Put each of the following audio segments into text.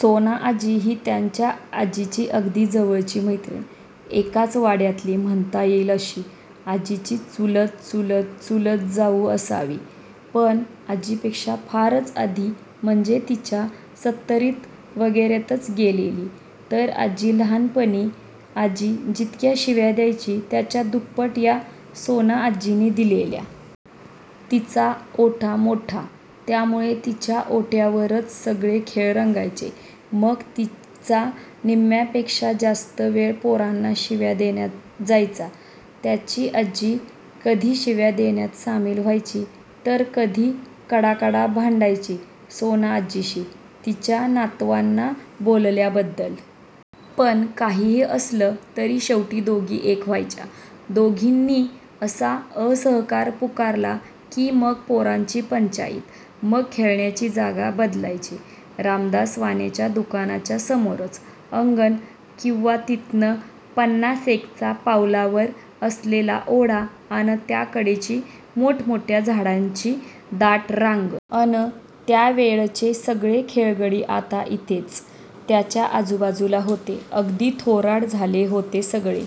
सोनाआजी ही त्याच्या आजीची अगदी जवळची मैत्रीण. एकाच वाड्यातली म्हणता येइल अशी. आजीची चुलत-चुलत-चुलत जाऊ असावी. पण आजीपेक्षा फारच आधी म्हणजे तिच्या सत्तरीत वगैरेतच गेलेली. तर आजी लहाणपणी आजी जितक्या शिव्या द्यायची, त्याच्या दुप्पट या सोनाआज्जीने दिलेल्या. तिचा ओटा मोठा, त्यामूळे तिच्या ओट्यावरच सगळे खेळ रंगायचे. मग तिचा निम्म्यापेक्षा जास्त वेळ पोरांना शिव्या देण्यात जायचा. त्याची आजी कधी शिव्या देण्यात सामील व्हायची, तर कधी कडाकडा भांडायची सोनाआजीशी. तिच्या नातवांना बोलल्याबद्दल. पण काहीही असलं, तरी शेवटी दोघी एक व्हायच्या. दोघींनी असा असहकार पुकारला, की मग पोरांची पंचाईत. मग खेळण्याची जागा बदलायची. रामदास वाण्याच्य़ा दुकानाच्या समोरचं अंगण, किंवा तिथनं पन्नासेकच पावलांवर असलेला ओढा अन त्याकडेची मोठमोठ्या झाडांची दाट रांग. अन त्यावेळचे सगळे खेळगडी आता इथेच त्याच्या आजूबाजूला होते. अगदी थोराड झाले होते सगळे.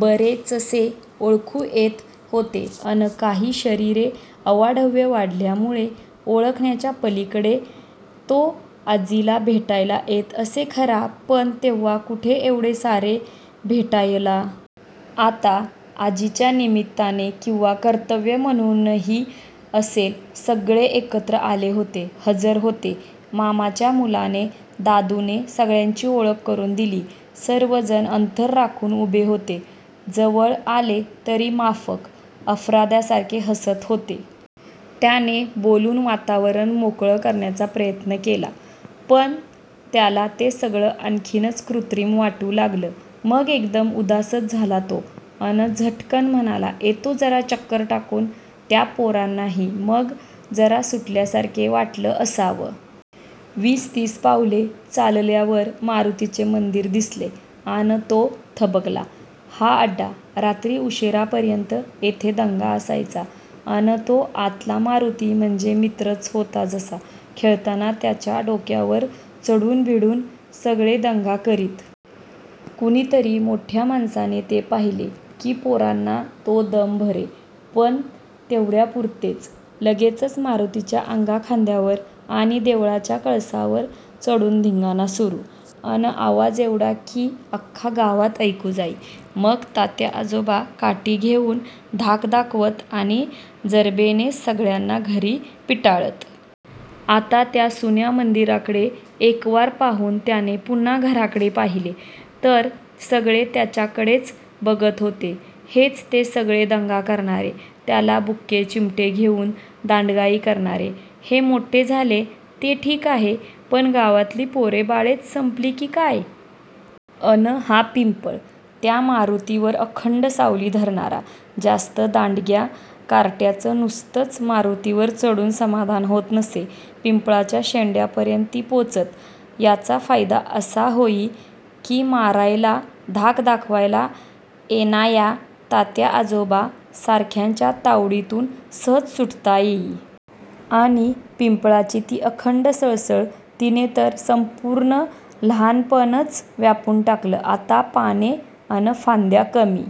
बरेचसे ओळखू येत होते, अन काही शरीरे अवाढव्य वाढल्यामूळे ओळखण्याच्या पलीकडे. तो आजीला भेटायला येत असे खरा, पण तेव्हा कुठे एवढे सारे भेटायला. आता आजीच्या निमित्ताने किंवा कर्तव्य म्हणूनही असेल, सगळे एकत्र आले होते, हजर होते. मामाच्या मुलाने, दादूने सगळ्यांची ओळख करून दिली. सर्व जण अंतर राखून उभे होते. जवळ आले, तरी माफक, अपराध्यासारखे हसत होते. त्याने बोलून वातावरण मोकळं करण्याचा प्रयत्न केला, पण त्याला ते सगळं आणखीच कृत्रिम वाटू लागलं. मग एकदम उदासच झाला तो, अन झटकन म्हणाला, येतो जरा चक्कर टाकून. त्या पोरांनाही मग जरा सुटल्यासारखे वाटलं असावं! वीस तीस पावले चालल्यावर मारूतीचे मंदीर दिसले अन तो थबकला. हा अड्डा. रात्री उशीरापर्यंत इथे दंगा असायचा. अन तो आतला मारूती म्हणजे मित्रच होता जसा. खेळताना त्याच्या डोक्यावर चढून बिढून सगळे दंगा करीत. कुणीतरी मोठ्या माणसाने ते पाहिले, की पोरांना तो दम भरे, पण ते तेवढ्यापूरतेच. लगेचच मारूतीच्या अंगाखांद्यावर आणि देवळाच्या कळसावर चढून धिंगाणा सुरू. अन आवाज एवढा, की अख्ख्या गावात ऐकू जाई. मग तात्याआजोबा काठी घेऊन धाक दाखवत आणि जरबेने सगळ्यांना घरी पिटाळत. आता त्या सुन्या मंदीराकडे एकवार पाहून त्याने पुन्हा घराकडे पाहिले, तर सगळे त्याच्याकडेच बघत होते. हेच ते सगळे दंगा करणारे, त्याला बुक्के, चिमटे घेऊन दांडगाई करणारे. हे मोठे झाले, ते ठीक आहे, पण गावातली पोरेबाळेच संपली की काय? अन हा पिंपळ. त्या मारूतीवर अखंड सावली धरणारा. जास्त दांडग्या कार्ट्यांचं नुसतंच मारूतीवर चढून समाधान होत नसे. पिंपळाच्या शेंड्यापर्यंत ती पोचत. याचा फायदा असा होई, की मारायला, धाक दाखवायला येणाया तात्याआजोबा सारख्यांच्या तावडीतून सहज सुटता येई. आणि पिंपळाची ती अखंड सळसळ. तिने तर संपूर्ण लहाणपणच व्यापून टाकलं. आता पाने अन फांद्या कमी--